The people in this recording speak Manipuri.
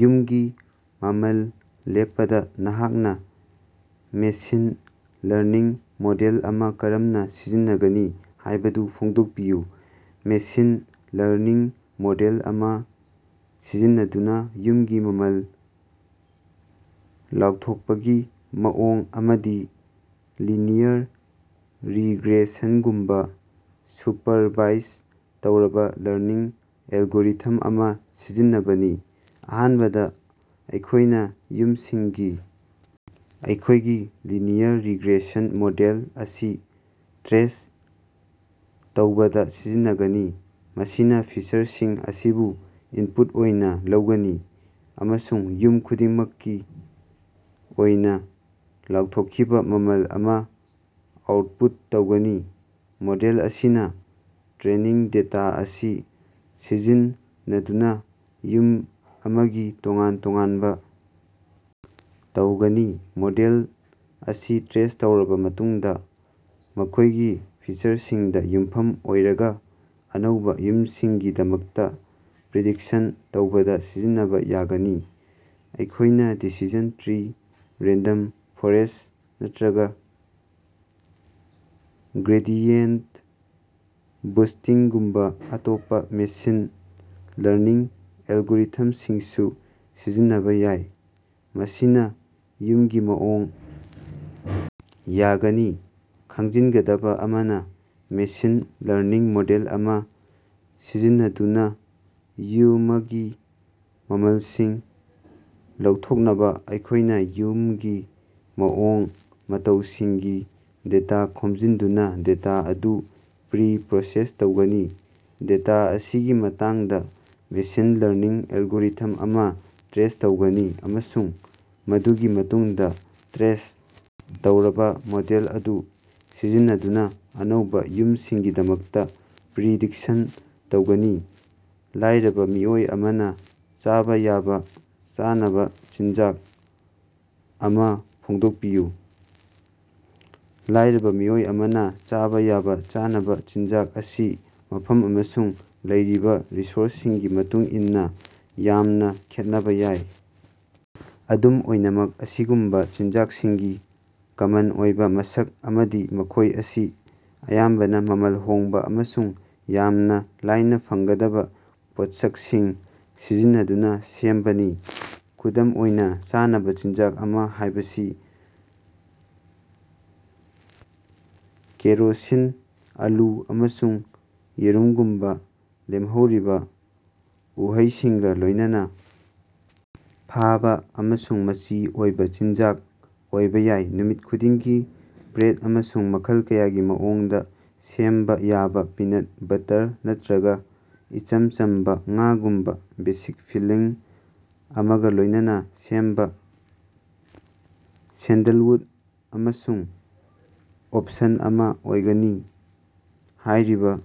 ꯌꯨꯝꯒꯤ ꯃꯃꯜ ꯂꯦꯞꯄꯗ ꯅꯍꯥꯛꯅ ꯃꯦꯁꯤꯟ ꯂꯔꯅꯤꯡ ꯃꯣꯗꯦꯜ ꯑꯃ ꯀꯔꯝꯅ ꯁꯤꯖꯤꯟꯅꯒꯅꯤ ꯍꯥꯏꯕꯗꯨ ꯐꯣꯡꯗꯣꯛꯄꯤꯌꯨ꯫ ꯃꯦꯁꯤꯟ ꯂꯔꯅꯤꯡ ꯃꯣꯗꯦꯜ ꯑꯃ ꯁꯤꯖꯤꯟꯅꯗꯨꯅ ꯌꯨꯝꯒꯤ ꯃꯃꯜ ꯂꯥꯎꯊꯣꯛꯄꯒꯤ ꯃꯑꯣꯡ ꯑꯃꯗꯤ ꯂꯤꯅꯤꯌꯔ ꯔꯤꯒ꯭ꯔꯦꯁꯟꯒꯨꯝꯕ ꯁꯨꯄꯔꯚꯥꯏꯖ ꯇꯧꯔꯕ ꯂꯔꯅꯤꯡ ꯑꯦꯜꯒꯣꯔꯤꯊꯝ ꯑꯃ ꯁꯤꯖꯤꯟꯅꯕꯅꯤ꯫ ꯑꯍꯥꯟꯕꯗ ꯑꯩꯈꯣꯏꯅ ꯌꯨꯝꯁꯤꯡꯒꯤ ꯑꯩꯈꯣꯏꯒꯤ ꯂꯤꯅꯤꯌꯔ ꯔꯤꯒ꯭ꯔꯦꯁꯟ ꯃꯣꯗꯦꯜ ꯑꯁꯤ ꯇ꯭ꯔꯦꯟ ꯇꯧꯕꯗ ꯁꯤꯖꯤꯟꯅꯒꯅꯤ, ꯃꯁꯤꯅ ꯐꯤꯆꯔꯁꯤꯡ ꯑꯁꯤꯕꯨ ꯏꯟꯄꯨꯠ ꯑꯣꯏꯅ ꯂꯧꯒꯅꯤ ꯑꯃꯁꯨꯡ ꯌꯨꯝ ꯈꯨꯗꯤꯡꯃꯛꯀꯤ ꯑꯣꯏꯅ ꯂꯥꯎꯊꯣꯛꯈꯤꯕ ꯃꯃꯜ ꯑꯃ ꯑꯥꯎꯠꯄꯨꯠ ꯇꯧꯒꯅꯤ꯫ ꯃꯣꯗꯦꯜ ꯑꯁꯤꯅ ꯇ꯭ꯔꯦꯅꯤꯡ ꯗꯦꯇꯥ ꯑꯁꯤ ꯁꯤꯖꯤꯟꯅꯗꯨꯅ ꯌꯨꯝ ꯑꯃꯒꯤ ꯇꯣꯉꯥꯟ ꯇꯣꯉꯥꯟꯕ ꯇꯧꯒꯅꯤ꯫ ꯃꯣꯗꯦꯜ ꯑꯁꯤ ꯇ꯭ꯔꯦꯟ ꯇꯧꯔꯕ ꯃꯇꯨꯡꯗ, ꯃꯈꯣꯏꯒꯤ ꯐꯤꯆꯔꯁꯤꯡꯗ ꯌꯨꯝꯐꯝ ꯑꯣꯏꯔꯒ, ꯑꯅꯧꯕ ꯌꯨꯝꯁꯤꯡꯒꯤꯗꯃꯛꯇ ꯄ꯭ꯔꯤꯗꯤꯛꯁꯟ ꯇꯧꯕꯗ ꯁꯤꯖꯤꯟꯅꯕ ꯌꯥꯒꯅꯤ꯫ ꯑꯩꯈꯣꯏꯅ ꯗꯤꯁꯤꯖꯟ ꯇ꯭ꯔꯤ, ꯔꯦꯟꯗꯝ ꯐꯣꯔꯦꯁꯠ, ꯅꯠꯇ꯭ꯔꯒ ꯒ꯭ꯔꯦꯗꯤꯌꯦꯟꯇ ꯕꯨꯁꯇꯤꯡꯒꯨꯝꯕ ꯑꯇꯣꯞꯄ ꯃꯦꯁꯤꯟ ꯂꯔꯅꯤꯡ ꯑꯦꯜꯒꯣꯔꯤꯊꯝꯁꯤꯡꯁꯨ ꯁꯤꯖꯤꯟꯅꯕ ꯌꯥꯏ, ꯃꯁꯤꯅ ꯌꯨꯝꯒꯤ ꯃꯑꯣꯡ ꯌꯥꯒꯅꯤ꯫ ꯈꯪꯖꯤꯟꯒꯗꯕ ꯑꯃꯅ, ꯃꯦꯁꯤꯟ ꯂꯔꯅꯤꯡ ꯃꯣꯗꯦꯜ ꯑꯃ ꯁꯤꯖꯤꯟꯅꯗꯨꯅꯥꯌꯨꯃꯒꯤ ꯃꯃꯜꯁꯤꯡ ꯂꯧꯊꯣꯛꯅꯕ ꯑꯩꯈꯣꯏꯅ ꯌꯨꯝꯒꯤ ꯃꯑꯣꯡ ꯃꯇꯧꯁꯤꯡꯒꯤ ꯗꯦꯇꯥ ꯈꯣꯝꯖꯤꯟꯗꯨꯅ ꯗꯦꯇꯥ ꯑꯗꯨ ꯄ꯭ꯔꯤ-ꯄ꯭ꯔꯣꯁꯦꯁ ꯇꯧꯒꯅꯤ, ꯗꯦꯇꯥ ꯑꯁꯤꯒꯤ ꯃꯇꯥꯡꯗ ꯃꯦꯁꯤꯟ ꯂꯔꯅꯤꯡ ꯑꯦꯜꯒꯣꯔꯤꯊꯝ ꯑꯃ ꯇ꯭ꯔꯦꯟ ꯇꯧꯒꯅꯤ, ꯑꯃꯁꯨꯡ ꯃꯗꯨꯒꯤ ꯃꯇꯨꯡꯗ ꯇ꯭ꯔꯦꯟ ꯇꯧꯔꯕ ꯃꯣꯗꯦꯜ ꯑꯗꯨ ꯁꯤꯖꯤꯟꯅꯗꯨꯅ ꯑꯅꯧꯕ ꯌꯨꯝꯁꯤꯡꯒꯤꯗꯃꯛꯇ ꯄ꯭ꯔꯤꯗꯤꯛꯁꯟ ꯇꯧꯒꯅꯤ꯫ ꯂꯥꯏꯔꯕ ꯃꯤꯑꯣꯏ ꯑꯃꯅ ꯆꯥꯕ ꯌꯥꯕ ꯆꯥꯅꯕ ꯆꯤꯟꯖꯥꯛ ꯑꯃ ꯐꯣꯡꯗꯣꯛꯄꯤꯌꯨ꯫ ꯂꯥꯏꯔꯕ ꯃꯤꯑꯣꯏ ꯑꯃꯅ ꯆꯥꯕ ꯌꯥꯕ ꯆꯥꯅꯕ ꯆꯤꯟꯖꯥꯛ ꯑꯁꯤ ꯃꯐꯝ ꯑꯃꯁꯨꯡ ꯂꯩꯔꯤꯕ ꯔꯤꯁꯣꯔꯁꯁꯤꯡꯒꯤ ꯃꯇꯨꯡꯏꯟꯅ ꯌꯥꯝꯅꯥ ꯈꯦꯠꯅꯕ ꯌꯥꯏ꯫ ꯑꯗꯨꯝ ꯑꯣꯏꯅꯃꯛ, ꯑꯁꯤꯒꯨꯝꯕ ꯆꯤꯟꯖꯥꯛꯁꯤꯡꯒꯤ ꯀꯃꯟ ꯑꯣꯏꯕ ꯃꯁꯛ ꯑꯃꯗꯤ ꯃꯈꯣꯏ ꯑꯁꯤ ꯑꯌꯥꯝꯕꯅ ꯃꯃꯜ ꯍꯣꯡꯕ ꯑꯃꯁꯨꯡ ꯌꯥꯝꯅ ꯂꯥꯏꯅ ꯐꯪꯒꯗꯕ ꯄꯣꯠꯁꯛꯁꯤꯡ ꯁꯤꯖꯤꯟꯅꯗꯨꯅ ꯁꯦꯝꯕꯅꯤ꯫ ꯈꯨꯗꯝ ꯑꯣꯏꯅ, ꯆꯥꯅꯕ ꯆꯤꯟꯖꯥꯛ ꯑꯃ ꯍꯥꯏꯕꯁꯤ ꯀꯦꯔꯣꯁꯤꯟ, ꯑꯂꯨ, ꯑꯃꯁꯨꯡ ꯌꯦꯔꯨꯝꯒꯨꯝꯕ ꯂꯦꯝꯍꯧꯔꯤꯕ ꯎꯍꯩꯁꯤꯡꯒ ꯂꯣꯏꯅꯅ ꯐꯥꯕ ꯑꯃꯁꯨꯡ ꯃꯆꯤ ꯑꯣꯏꯕ ꯆꯤꯟꯖꯥꯛ ꯑꯣꯏꯕ ꯌꯥꯏ꯫ ꯅꯨꯃꯤꯠ ꯈꯨꯗꯤꯡꯒꯤ ꯕ꯭ꯔꯦꯗ ꯑꯃꯁꯨꯡ ꯃꯈꯜ ꯀꯌꯥꯒꯤ ꯃꯑꯣꯡꯗ ꯁꯦꯝꯕ ꯌꯥꯕ ꯄꯤꯅꯠ ꯕꯠꯇꯔ ꯅꯠꯇ꯭ꯔꯒ ꯏꯆꯝ ꯆꯝꯕ ꯉꯥꯒꯨꯝꯕ ꯕꯦꯁꯤꯛ ꯐꯤꯜꯂꯤꯡ ꯑꯃꯒ ꯂꯣꯏꯅꯅ ꯁꯦꯝꯕ ꯁꯦꯟꯗꯜꯋꯨꯗ ꯑꯃꯁꯨ ꯑꯣꯄꯁꯟ ꯑꯃ ꯑꯣꯏꯒꯅꯤ꯫ ꯍꯥꯏꯔꯤꯕ